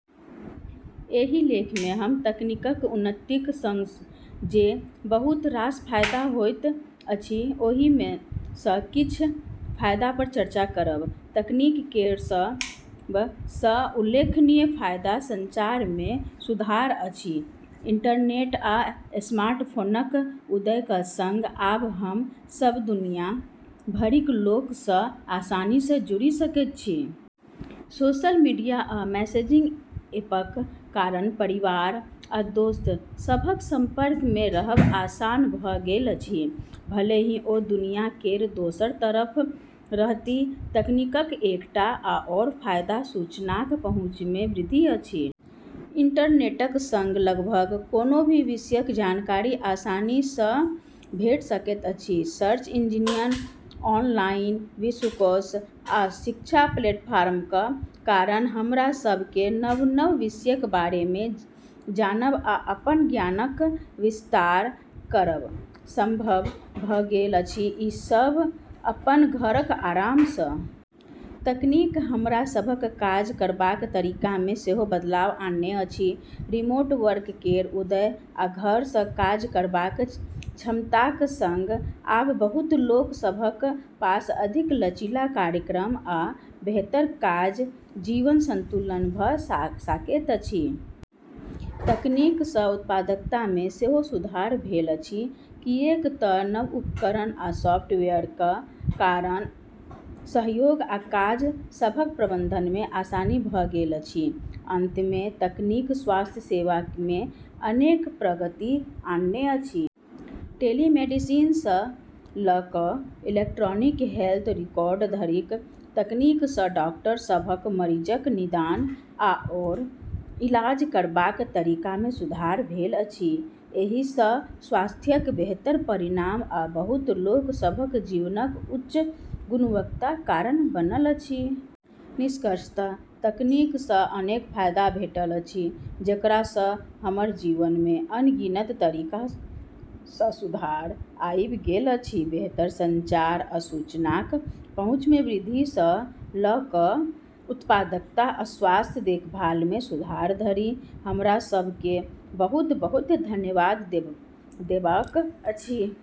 एहि लेख मे हम तकनीकक उन्नतिक सँग जे बहुत रास फायदा होइत अछि ओहि मे सँ किछ फायदा पर चर्चा करब। तकनीक केर सब सँ उल्लेखनीय फायदा संचार मे सुधार अछि। इंटरनेट आ स्मार्टफोनक उदयक सँग आब हम सभ दुनिया भरिक लोक सँ आसानी सँ जुड़ि सकैत छी। सोशल मीडिया आ मैसेजिंग ऐपक कारण परिवार आ दोस्त सभक संपर्क मे रहब आसान भऽ गेल अछि, भले ही ओ दुनिया केर दोसर तरफ रहथि। तकनीकक एकटा आओर फायदा सूचनाक पहुँच मे वृद्धि अछि। इंटरनेटक सँग लगभग कोनो भी विषयक जानकारी आसानी सँ भेट सकैत अछि। सर्च इंजन, ऑनलाइन विश्वकोश, आ शिक्षा प्लेटफॉर्मक कारण हमरा सभ केँ नव-नव विषयक बारे मे जानब आ अपन ज्ञानक विस्तार करब संभव भऽ गेल अछि, ई सभ अपन घरक आराम सँ। तकनीक हमरा सभक काज करबाक तरीका मे सेहो बदलाव आनने अछि। रिमोट वर्क केर उदय आ घर सँ काज करबाक क्षमताक सँग आब बहुत लोक सभक पास अधिक लचीला कार्यक्रम आ बेहतर काज-जीवन संतुलन भऽ सकैत अछि। तकनीक सँ उत्पादकता मे सेहो सुधार भेल अछि, किएक तँ नव उपकरण आ सॉफ्टवेयरक कारण सहयोग आ काज सभक प्रबंधन मे आसानी भऽ गेल अछि। अंत मे, तकनीक स्वास्थ्य सेवा मे अनेक प्रगति आनने अछि। टेलीमेडिसिन सँ लऽ कऽ इलेक्ट्रॉनिक हेल्थ रिकॉर्ड धरिक तकनीक सँ डॉक्टर सभक मरीजक निदान आओर इलाज करबाक तरीका मे सुधार भेल अछि। एहि सँ स्वास्थ्यक बेहतर परिणाम आ बहुत लोक सभक जीवनक उच्च गुणवत्ताक कारण बनल अछि। निष्कर्षतः तकनीक सँ अनेक फायदा भेटल अछि जेकरा सँ हमर जीवन मे अनगिनत तरीका सँ सुधार आइब गेल अछि। बेहतर संचार आ सूचनाक पहुँच मे वृद्धि सँ लऽ कऽ उत्पादकता आ स्वास्थ्य देखभाल मे सुधार धरि, हमरा सभ केँ बहुत-बहुत धन्यवाद देबअक अछि।